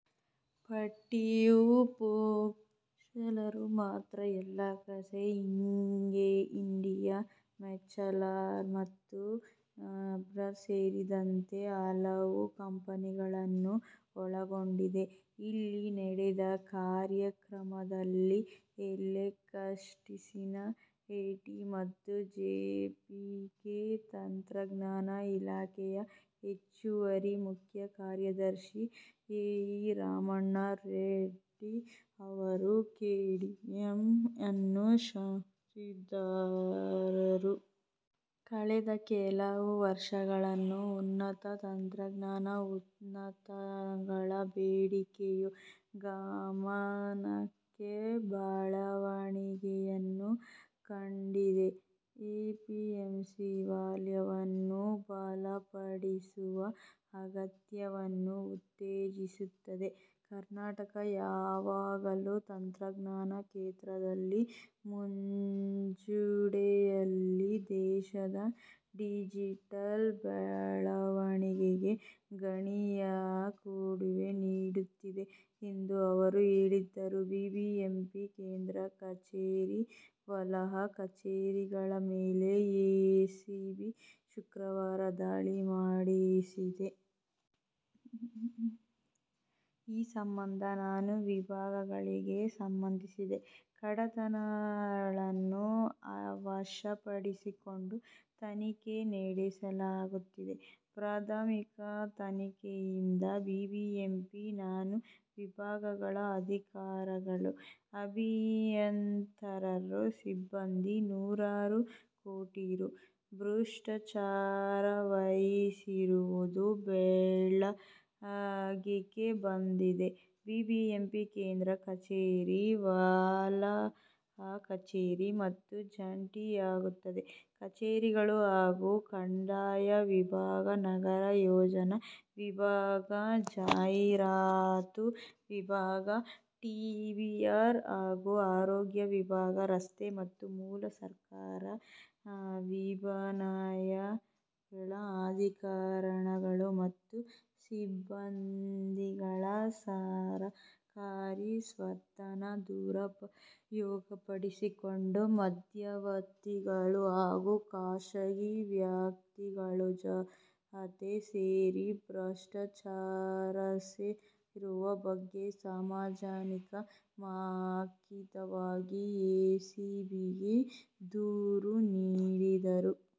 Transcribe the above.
ಪಟ್ಟಿಯು Proxelera, Wurth electronic India, Virtulive technologies ಮತ್ತು Rapture innovation labs ಸೇರಿದಂತೆ ಹಲವು ಕಂಪನಿಗಳನ್ನು ಒಳಗೊಂಡಿದೆ. ಇಲ್ಲಿ ನಡೆದ ಕಾರ್ಯಕ್ರಮದಲ್ಲಿ ಎಲೆಕ್ಟ್ರಾನಿಕ್ಸ್, ಐಟಿ ಮತ್ತು ಜೈವಿಕ ತಂತ್ರಜ್ಞಾನ ಇಲಾಖೆಯ ಹೆಚ್ಚುವರಿ ಮುಖ್ಯ ಕಾರ್ಯದರ್ಶಿ ಇ ವಿ ರಮಣ ರೆಡ್ಡಿ ಅವರು ಕೆಡಿಇಎಂ ಅನ್ನು ಶ್ಲಾಘಿಸಿದರು. "ಕಳೆದ ಕೆಲವು ವರ್ಷಗಳಲ್ಲಿ, ಉನ್ನತ ತಂತ್ರಜ್ಞಾನ ಉತ್ಪನ್ನಗಳ ಬೇಡಿಕೆಯು ಗಮನಾರ್ಹ ಬೆಳವಣಿಗೆಯನ್ನು ಕಂಡಿದೆ, ಇಎಸ್ಡಿಎಂ ವಲಯವನ್ನು ಬಲಪಡಿಸುವ ಅಗತ್ಯವನ್ನು ಉತ್ತೇಜಿಸುತ್ತದೆ. ಕರ್ನಾಟಕ ಯಾವಾಗಲೂ ತಂತ್ರಜ್ಞಾನ ಕ್ಷೇತ್ರದಲ್ಲಿ ಮುಂಚೂಣಿಯಲ್ಲಿದ್ದು, ದೇಶದ ಡಿಜಿಟಲ್ ಬೆಳವಣಿಗೆಗೆ ಗಣನೀಯ ಕೊಡುಗೆ ನೀಡುತ್ತಿದೆ ಎಂದು ಅವರು ಹೇಳಿದರು. ಬಿಬಿಎಂಪಿ ಕೇಂದ್ರ ಕಚೇರಿ, ವಲಯ ಕಚೇರಿಗಳ ಮೇಲೆ ಎಸಿಬಿ ಶುಕ್ರವಾರ ದಾಳಿ ನಡೆಸಿದೆ. ಈ ಸಂಬಂಧ ನಾನಾ ವಿಭಾಗಗಳಿಗೆ ಸಂಬಂಧಿಸಿದ ಕಡತಗಳನ್ನು ವಶಪಡಿಸಿಕೊಂಡು ತನಿಖೆ ನಡೆಸಲಾಗುತ್ತಿದೆ. ಪ್ರಾಥಮಿಕ ತನಿಖೆಯಿಂದ ಬಿಬಿಎಂಪಿಯ ನಾನಾ ವಿಭಾಗಗಳ ಅಧಿಕಾರಿಗಳು, ಅಭಿಯಂತರರು, ಸಿಬ್ಬಂದಿ ನೂರಾರು ಕೋಟಿ ರೂ. ಭ್ರಷ್ಟಾಚಾರವೆಸಗಿರುವುದು ಬೆಳಕಿಗೆ ಬಂದಿದೆ. ಬಿಬಿಎಂಪಿ ಕೇಂದ್ರ ಕಚೇರಿ, ವಲಯ ಕಚೇರಿ ಮತ್ತು ಜಂಟಿ ಆಯುಕ್ತರ ಕಚೇರಿಗಳು ಹಾಗೂ ಕಂದಾಯ ವಿಭಾಗ, ನಗರ ಯೋಜನಾ ವಿಭಾಗ, ಜಾಹೀರಾತು ವಿಭಾಗ, ಟಿಡಿಆರ್ ಹಾಗೂ ಆರೋಗ್ಯ ವಿಭಾಗ, ರಸ್ತೆ ಮತ್ತು ಮೂಲ ಸೌಕರ್ಯ ವಿಭಾಗದ ಅಧಿಕಾರಿಗಳು ಮತ್ತು ಸಿಬ್ಬಂದಿಗಳು ಸರಕಾರಿ ಸ್ವತ್ತನ್ನು ದುರುಪಯೋಗಪಡಿಸಿಕೊಂಡು ಮಧ್ಯವರ್ತಿಗಳು ಹಾಗೂ ಖಾಸಗಿ ವ್ಯಕ್ತಿಗಳ ಜತೆ ಸೇರಿ ಭ್ರಷ್ಟಾಚಾರವೆಸಗಿರುವ ಬಗ್ಗೆ ಸಾರ್ವಜನಿಕರು ಮೌಖಿಕವಾಗಿ ಎಸಿಬಿಗೆ ದೂರು ನೀಡಿದ್ದರು.